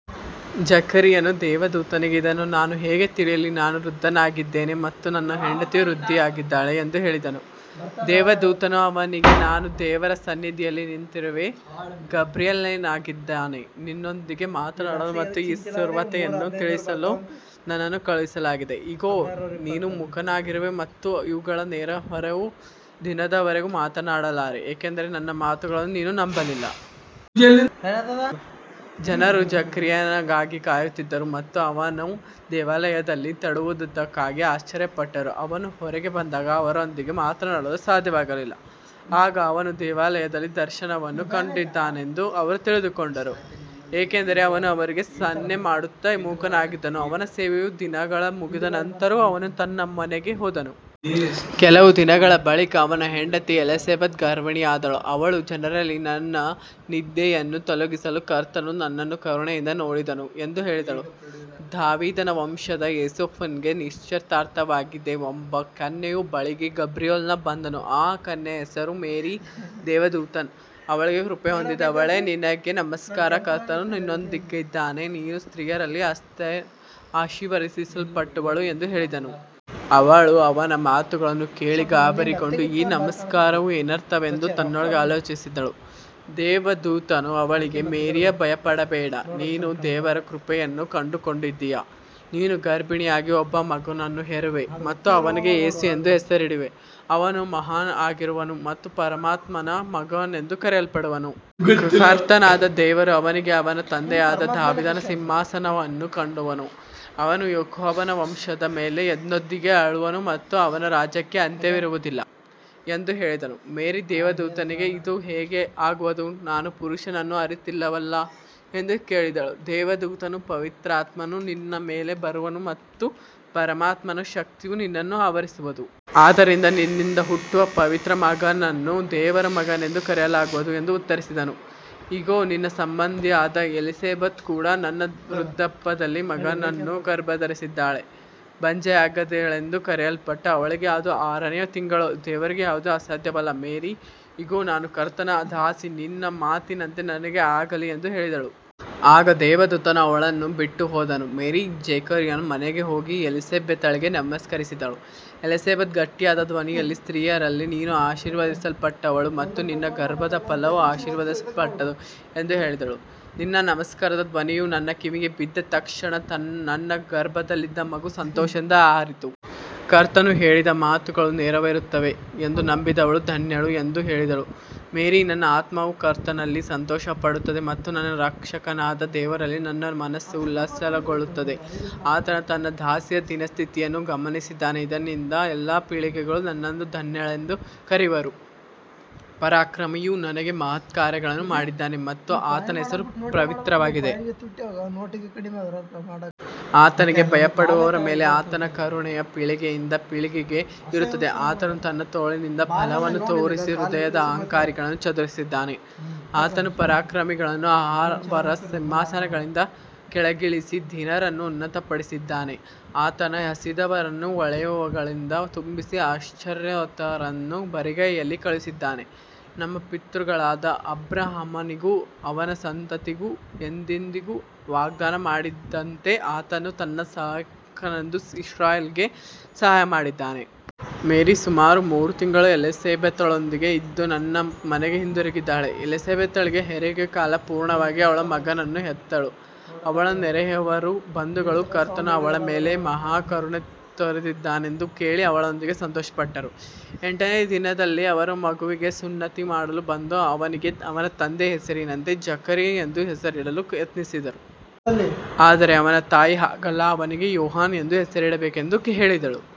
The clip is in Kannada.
ಜಕರೀಯನು ದೇವದೂತನಿಗೆ, ಇದನ್ನು ನಾನು ಹೇಗೆ ತಿಳಿಯಲಿ, ನಾನು ವೃದ್ಧನಾಗಿದ್ದೇನೆ ಮತ್ತು ನನ್ನ ಹೆಂಡತಿಯೂ ವೃದ್ಧೆಯಾಗಿದ್ದಾಳೆ ಎಂದು ಹೇಳಿದನು. ದೇವದೂತನು ಅವನಿಗೆ, ನಾನು ದೇವರ ಸನ್ನಿಧಿಯಲ್ಲಿ ನಿಂತಿರುವ ಗಬ್ರಿಯೇಲನಾಗಿದ್ದೇನೆ. ನಿನ್ನೊಂದಿಗೆ ಮಾತನಾಡಲು ಮತ್ತು ಈ ಸುವಾರ್ತೆಯನ್ನು ತಿಳಿಸಲು ನನ್ನನ್ನು ಕಳುಹಿಸಲಾಗಿದೆ. ಇಗೋ, ನೀನು ಮೂಕನಾಗಿರುವೆ ಮತ್ತು ಇವುಗಳು ನೆರವೇರುವ ದಿನದವರೆಗೆ ಮಾತನಾಡಲಾರೆ, ಏಕೆಂದರೆ ನನ್ನ ಮಾತುಗಳನ್ನು ನೀನು ನಂಬಲಿಲ್ಲ. ಜನರು ಜಕರೀಯನಿಗಾಗಿ ಕಾಯುತ್ತಿದ್ದರು ಮತ್ತು ಅವನು ದೇವಾಲಯದಲ್ಲಿ ತಡವಾದುದಕ್ಕೆ ಆಶ್ಚರ್ಯಪಟ್ಟರು. ಅವನು ಹೊರಗೆ ಬಂದಾಗ ಅವರೊಂದಿಗೆ ಮಾತನಾಡಲು ಸಾಧ್ಯವಾಗಲಿಲ್ಲ. ಆಗ ಅವನು ದೇವಾಲಯದಲ್ಲಿ ದರ್ಶನವನ್ನು ಕಂಡಿದ್ದಾನೆಂದು ಅವರು ತಿಳಿದುಕೊಂಡರು, ಏಕೆಂದರೆ ಅವನು ಅವರಿಗೆ ಸನ್ನೆಮಾಡುತ್ತಾ ಮೂಕನಾಗಿದ್ದನು. ಅವನ ಸೇವೆಯ ದಿನಗಳು ಮುಗಿದ ನಂತರ ಅವನು ತನ್ನ ಮನೆಗೆ ಹೋದನು. ಕೆಲವು ದಿನಗಳ ಬಳಿಕ ಅವನ ಹೆಂಡತಿ ಎಲಿಸಬೆತ್ ಗರ್ಭಿಣಿಯಾದಳು. ಅವಳು, ಜನರಲ್ಲಿ ನನ್ನ ನಿಂದೆಯನ್ನು ತೊಲಗಿಸಲು ಕರ್ತನು ನನ್ನನ್ನು ಕರುಣೆಯಿಂದ ನೋಡಿದನು ಎಂದು ಹೇಳಿದಳು. ದಾವೀದನ ವಂಶದ ಯೋಸೇಫನಿಗೆ ನಿಶ್ಚಿತಾರ್ಥವಾಗಿದ್ದ ಒಬ್ಬ ಕನ್ಯೆಯ ಬಳಿಗೆ ಗಬ್ರಿಯೇಲನು ಬಂದನು. ಆ ಕನ್ಯೆಯ ಹೆಸರು ಮೇರಿ. ದೇವದೂತನು ಅವಳಿಗೆ, ಕೃಪೆ ಹೊಂದಿದವಳೇ, ನಿನಗೆ ನಮಸ್ಕಾರ, ಕರ್ತನು ನಿನ್ನೊಂದಿಗಿದ್ದಾನೆ, ನೀನು ಸ್ತ್ರೀಯರಲ್ಲಿ ಆಶೀರ್ವದಿಸಲ್ಪಟ್ಟವಳು ಎಂದು ಹೇಳಿದನು. ಅವಳು ಅವನ ಮಾತುಗಳನ್ನು ಕೇಳಿ ಗಾಬರಿಗೊಂಡು, ಈ ನಮಸ್ಕಾರವು ಏನರ್ಥವೆಂದು ತನ್ನೊಳಗೆ ಆಲೋಚಿಸಿದಳು. ದೇವದೂತನು ಅವಳಿಗೆ, ಮೇರಿಯೇ, ಭಯಪಡಬೇಡ, ನೀನು ದೇವರ ಕೃಪೆಯನ್ನು ಕಂಡುಕೊಂಡಿದ್ದೀಯೆ. ನೀನು ಗರ್ಭಿಣಿಯಾಗಿ ಒಬ್ಬ ಮಗನನ್ನು ಹೆರುವೆ ಮತ್ತು ಅವನಿಗೆ ಯೇಸು ಎಂದು ಹೆಸರಿಡುವೆ. ಅವನು ಮಹಾನ್ ಆಗಿರುವನು ಮತ್ತು ಪರಮಾತ್ಮನ ಮಗನೆಂದು ಕರೆಯಲ್ಪಡುವನು. ಕರ್ತನಾದ ದೇವರು ಅವನಿಗೆ ಅವನ ತಂದೆಯಾದ ದಾವೀದನ ಸಿಂಹಾಸನವನ್ನು ಕೊಡುವನು. ಅವನು ಯಾಕೋಬನ ವಂಶದ ಮೇಲೆ ಎಂದೆಂದಿಗೂ ಆಳುವನು ಮತ್ತು ಅವನ ರಾಜ್ಯಕ್ಕೆ ಅಂತ್ಯವಿರುವುದಿಲ್ಲ ಎಂದು ಹೇಳಿದನು. ಮೇರಿ ದೇವದೂತನಿಗೆ, ಇದು ಹೇಗೆ ಆಗುವುದು, ನಾನು ಪುರುಷನನ್ನು ಅರಿತಿಲ್ಲವಲ್ಲ ಎಂದು ಕೇಳಿದಳು. ದೇವದೂತನು, ಪವಿತ್ರಾತ್ಮನು ನಿನ್ನ ಮೇಲೆ ಬರುವನು ಮತ್ತು ಪರಮಾತ್ಮನ ಶಕ್ತಿಯು ನಿನ್ನನ್ನು ಆವರಿಸುವುದು. ಆದ್ದರಿಂದ ನಿನ್ನಿಂದ ಹುಟ್ಟುವ ಪವಿತ್ರ ಮಗುವನ್ನು ದೇವರ ಮಗನೆಂದು ಕರೆಯಲಾಗುವುದು ಎಂದು ಉತ್ತರಿಸಿದನು. ಇಗೋ, ನಿನ್ನ ಸಂಬಂಧಿಯಾದ ಎಲಿಸಬೆತ್ ಕೂಡ ತನ್ನ ವೃದ್ಧಾಪ್ಯದಲ್ಲಿ ಮಗನನ್ನು ಗರ್ಭಧರಿಸಿದ್ದಾಳೆ. ಬಂಜೆಯಾಗಿದ್ದಾಳೆಂದು ಕರೆಯಲ್ಪಟ್ಟ ಅವಳಿಗೆ ಇದು ಆರನೆಯ ತಿಂಗಳು. ದೇವರಿಗೆ ಯಾವುದೂ ಅಸಾಧ್ಯವಲ್ಲ. ಮೇರಿ, ಇಗೋ, ನಾನು ಕರ್ತನ ದಾಸಿ, ನಿನ್ನ ಮಾತಿನಂತೆ ನನಗೆ ಆಗಲಿ ಎಂದು ಹೇಳಿದಳು. ಆಗ ದೇವದೂತನು ಅವಳನ್ನು ಬಿಟ್ಟುಹೋದನು. ಮೇರಿ ಜಕರೀಯನ ಮನೆಗೆ ಹೋಗಿ ಎಲಿಸಬೆತಳಿಗೆ ನಮಸ್ಕರಿಸಿದಳು. ಎಲಿಸಬೆತ್ ಗಟ್ಟಿಯಾದ ಧ್ವನಿಯಲ್ಲಿ, ಸ್ತ್ರೀಯರಲ್ಲಿ ನೀನು ಆಶೀರ್ವದಿಸಲ್ಪಟ್ಟವಳು ಮತ್ತು ನಿನ್ನ ಗರ್ಭದ ಫಲವೂ ಆಶೀರ್ವದಿಸಲ್ಪಟ್ಟದ್ದು ಎಂದು ಹೇಳಿದಳು. ನಿನ್ನ ನಮಸ್ಕಾರದ ಧ್ವನಿಯು ನನ್ನ ಕಿವಿಗೆ ಬಿದ್ದ ತಕ್ಷಣ, ನನ್ನ ಗರ್ಭದಲ್ಲಿದ್ದ ಮಗು ಸಂತೋಷದಿಂದ ಹಾರಿತು. ಕರ್ತನು ಹೇಳಿದ ಮಾತುಗಳು ನೆರವೇರುತ್ತವೆ ಎಂದು ನಂಬಿದವಳು ಧನ್ಯಳು ಎಂದು ಹೇಳಿದಳು. ಮೇರಿ, ನನ್ನ ಆತ್ಮವು ಕರ್ತನಲ್ಲಿ ಸಂತೋಷಪಡುತ್ತದೆ ಮತ್ತು ನನ್ನ ರಕ್ಷಕನಾದ ದೇವರಲ್ಲಿ ನನ್ನ ಮನಸ್ಸು ಉಲ್ಲಾಸಗೊಳ್ಳುತ್ತದೆ. ಆತನು ತನ್ನ ದಾಸಿಯ ದೀನಸ್ಥಿತಿಯನ್ನು ಗಮನಿಸಿದ್ದಾನೆ. ಇಂದಿನಿಂದ ಎಲ್ಲಾ ಪೀಳಿಗೆಗಳು ನನ್ನನ್ನು ಧನ್ಯಳೆಂದು ಕರೆಯುವರು. ಪರಾಕ್ರಮಿಯು ನನಗೆ ಮಹತ್ಕಾರ್ಯಗಳನ್ನು ಮಾಡಿದ್ದಾನೆ ಮತ್ತು ಆತನ ಹೆಸರು ಪವಿತ್ರವಾಗಿದೆ. ಆತನಿಗೆ ಭಯಪಡುವವರ ಮೇಲೆ ಆತನ ಕರುಣೆಯು ಪೀಳಿಗೆಯಿಂದ ಪೀಳಿಗೆಗೆ ಇರುತ್ತದೆ. ಆತನು ತನ್ನ ತೋಳಿನಿಂದ ಬಲವನ್ನು ತೋರಿಸಿ, ಹೃದಯದ ಅಹಂಕಾರಿಗಳನ್ನು ಚದುರಿಸಿದ್ದಾನೆ. ಆತನು ಪರಾಕ್ರಮಿಗಳನ್ನು ಅವರ ಸಿಂಹಾಸನಗಳಿಂದ ಕೆಳಗಿಳಿಸಿ, ದೀನರನ್ನು ಉನ್ನತಪಡಿಸಿದ್ದಾನೆ. ಆತನು ಹಸಿದವರನ್ನು ಒಳ್ಳೆಯವುಗಳಿಂದ ತುಂಬಿಸಿ, ಐಶ್ವರ್ಯವಂತರನ್ನು ಬರಿಗೈಯಲ್ಲಿ ಕಳುಹಿಸಿದ್ದಾನೆ. ನಮ್ಮ ಪಿತೃಗಳಾದ ಅಬ್ರಹಾಮನಿಗೂ ಅವನ ಸಂತತಿಗೂ ಎಂದೆಂದಿಗೂ ವಾಗ್ದಾನ ಮಾಡಿದಂತೆ, ಆತನು ತನ್ನ ಸೇವಕನಾದ ಇಸ್ರಾಯೇಲಿಗೆ ಸಹಾಯಮಾಡಿದ್ದಾನೆ. ಮೇರಿ ಸುಮಾರು ಮೂರು ತಿಂಗಳು ಎಲಿಸಬೆತಳೊಂದಿಗೆ ಇದ್ದು ತನ್ನ ಮನೆಗೆ ಹಿಂದಿರುಗಿದಳು. ಎಲಿಸಬೆತಳಿಗೆ ಹೆರಿಗೆಯ ಕಾಲ ಪೂರ್ಣವಾಗಿ ಅವಳು ಮಗನನ್ನು ಹೆತ್ತಳು. ಅವಳ ನೆರೆಹೊರೆಯವರೂ ಬಂಧುಗಳೂ ಕರ್ತನು ಅವಳ ಮೇಲೆ ಮಹಾ ಕರುಣೆ ತೋರಿದ್ದಾನೆಂದು ಕೇಳಿ ಅವಳೊಂದಿಗೆ ಸಂತೋಷಪಟ್ಟರು. ಎಂಟನೆಯ ದಿನದಲ್ಲಿ ಅವರು ಮಗುವಿಗೆ ಸುನ್ನತಿ ಮಾಡಲು ಬಂದು, ಅವನಿಗೆ ಅವನ ತಂದೆಯ ಹೆಸರಿನಂತೆ ಜಕರೀಯ ಎಂದು ಹೆಸರಿಡಲು ಯತ್ನಿಸಿದರು. ಆದರೆ ಅವನ ತಾಯಿ, ಹಾಗಲ್ಲ, ಅವನಿಗೆ ಯೋಹಾನ ಎಂದು ಹೆಸರಿಡಬೇಕು ಎಂದು ಹೇಳಿದಳು.